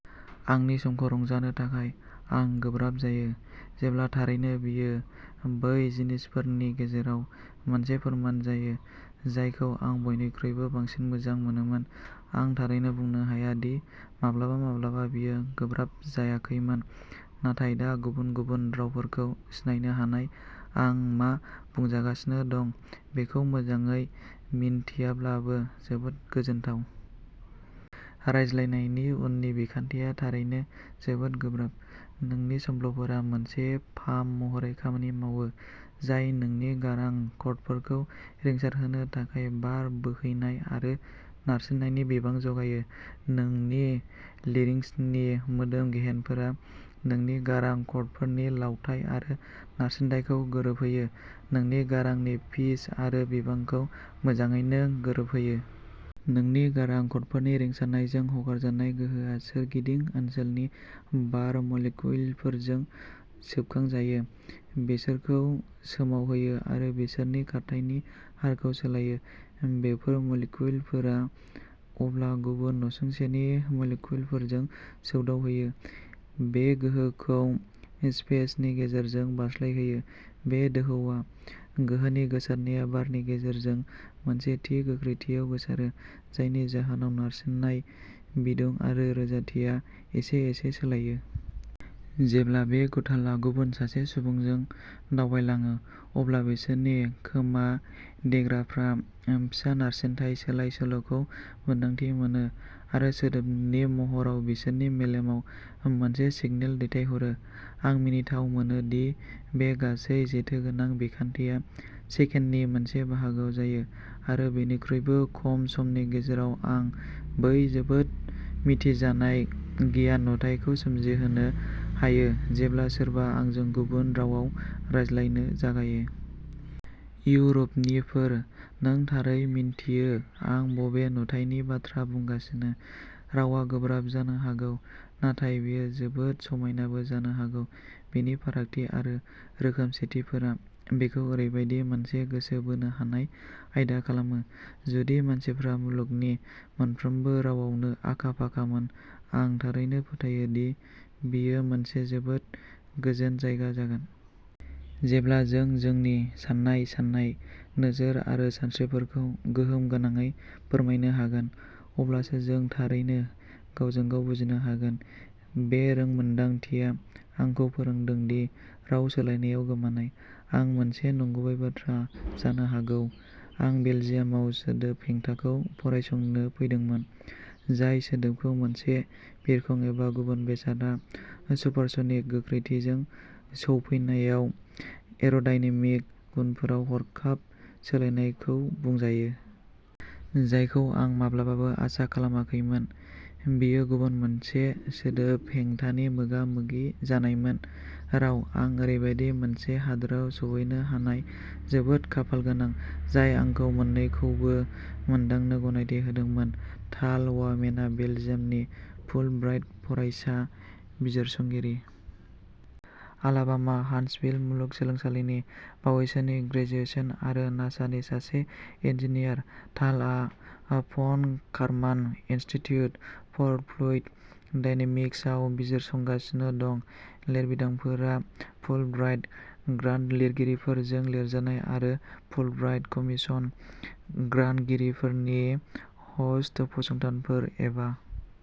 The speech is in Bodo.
आंनि समखौ रंजानो थाखाय आं गोब्राब जायो, जेब्ला थारैनो, बेयो बै जिनिसफोरनि गेजेराव मोनसे फोरमान जायो जायखौ आं बयनिख्रुइबो बांसिन मोजां मोनोमोन। आं थारैनो बुंनो हाया दि माब्लाबा माब्लाबा बेयो गोब्राब जायाखैमोन, नाथाय दा गुबुन गुबुन रावफोरखौ सिनायनो हानाय, आं मा बुंजागासिनो दं बेखौ मोजाङै मिन्थियाब्लाबो, जोबोद गोजोनथाव। रायज्लायनायनि उननि बिखान्थिया थारैनो जोबोद गोब्राब। नोंनि संफ्ल'फोरा मोनसे पाम्प महरै खामानि मावो, जाय नोंनि गारां क'र्डफोरखौ रिंसारहोनो थाखाय बार बोहैनाय आरो नारसिननायनि बिबां जगायो। नोंनि लेरिंक्सनि मोदोम गेहेनफोरा नोंनि गारां क'र्डफोरनि लावथाइ आरो नारसिनथायखौ गोरोबहोयो, नोंनि गारांनि पिच आरो बिबांखौ मोजाङैनो गोरोबहोयो। नोंनि गारां क'र्डफोरनि रिंसारनायजों हगारजानाय गोहोआ सोरगिदिं ओनसोलनि बार मलिक्युलफोरजों सोबखांजायो, बिसोरखौ सोमावहोयो आरो बिसोरनि खारथायनि हारखौ सोलायो। बेफोर मलिक्युलफोरा अब्ला गुबुन नसुंसेनि मलिक्युलफोरजों सौदावहैयो, बे गोहोखौ स्पेसनि गेजेरजों बारस्लायहोयो। बे दोहौआ। गोहोनि गोसारनाया बारनि गेजेरजों मोनसे थि गोख्रैथियाव गोसारो, जायनि जाहोनाव नारसिननाय, बिदुं आरो रोजाथिया एसे एसे सोलायो। जेब्ला बे गुथालआ गुबुन सासे सुबुंजों दावबायलाङो, अब्ला बिसोरनि खोमा-देग्राफ्रा फिसा नारसिनथाय सोलाय-सोल'खौ मोन्दांथि मोनो आरो सोदोबनि महराव बिसोरनि मेलेमाव मोनसे सिगनेल दैथायहरो। आं मिनिथाव मोनो दि बे गासै जेथोगोनां बिखान्थिया सेकेन्दनि मोनसे बाहागोआव जायो, आरो बेनिख्रुइबो खम समनि गेजेराव आं बै जोबोद मिथिजानाय गिनाय नुथायखौ सोमजिहोनो हायो जेब्ला सोरबा आंजों गुबुन रावाव रायज्लायनो जागायो। इउर'पनिफोर, नों थारै मिन्थियो आं बबे नुथायनि बाथ्रा बुंगासिनो! रावआ गोब्राब जानो हागौ, नाथाय बेयो जोबोद समायनाबो जानो हागौ। बेनि फारागथि आरो रोखोमसेथिफोरा बेखौ ओरैबायदि मोनसे गोसो बोनो हानाय आयदा खालामो। जुदि मानसिफ्रा मुलुगनि मोनफ्रोमबो रावावनो आखा-फाखामोन, आं थारैनो फोथायो दि बेयो मोनसे जोबोद गोजोन जायगा जागोन। जेब्ला जों जोंनि साननाय, साननाय, नोजोर आरो सानस्रिफोरखौ गोहोम गोनाङै फोरमायनो हागोन अब्लासो जों थारैनो गावजों-गाव बुजिनो हागोन। बे रोंमोन्दांथिया आंखौ फोरोंदों दि "राव सोलायनायाव गोमानाय" आ मोनसे नंगुबै बाथ्रा जानो हागौ। आं बेलजियामाव सोदोब हेंथाखौ फरायसंनो फैदोंमोन, जाय सोदोबखौ मोनसे बिरखं एबा गुबुन बेसादआ सुपारस'निक गोख्रैथिजों सौफैनायाव एर'डायनेमिक गुनफोराव हरखाब सोलायनायखौ बुजायो। जायखौ आं माब्लाबाबो आसा खालामाखैमोन बेयो गुबुन मोनसे सोदोब हेंथानि मोगा-मोगि जानायमोनः राव। आं ओरैबायदि मोनसे हादोराव सौहैनो हानायाव जोबोद खाफालगोनां, जाय आंखौ मोन्नैखौबो मोनदांनो गनायथि होदोंमोन। टाल वामेना बेलजियामनि फुलब्राइट फरायसा बिजिरसंगिरि। आलाबामा-हान्टसभिल मुलुगसोलोंसालिनि बावैसोनि ग्रेजुएसन आरो नासानि सासे इन्जिनियार, टालआ von Karman Institute for Fluid डायनेमिक्सआव बिजिरसंगासिनो दं। लिरबिदांफोरा फुलब्राइट ग्रान्टगिरिफोरजों लिरजानाय आरो फुलब्राइट कमिसन, ग्रान्टगिरिफोरनि ह'स्ट फसंथानफोर, एबा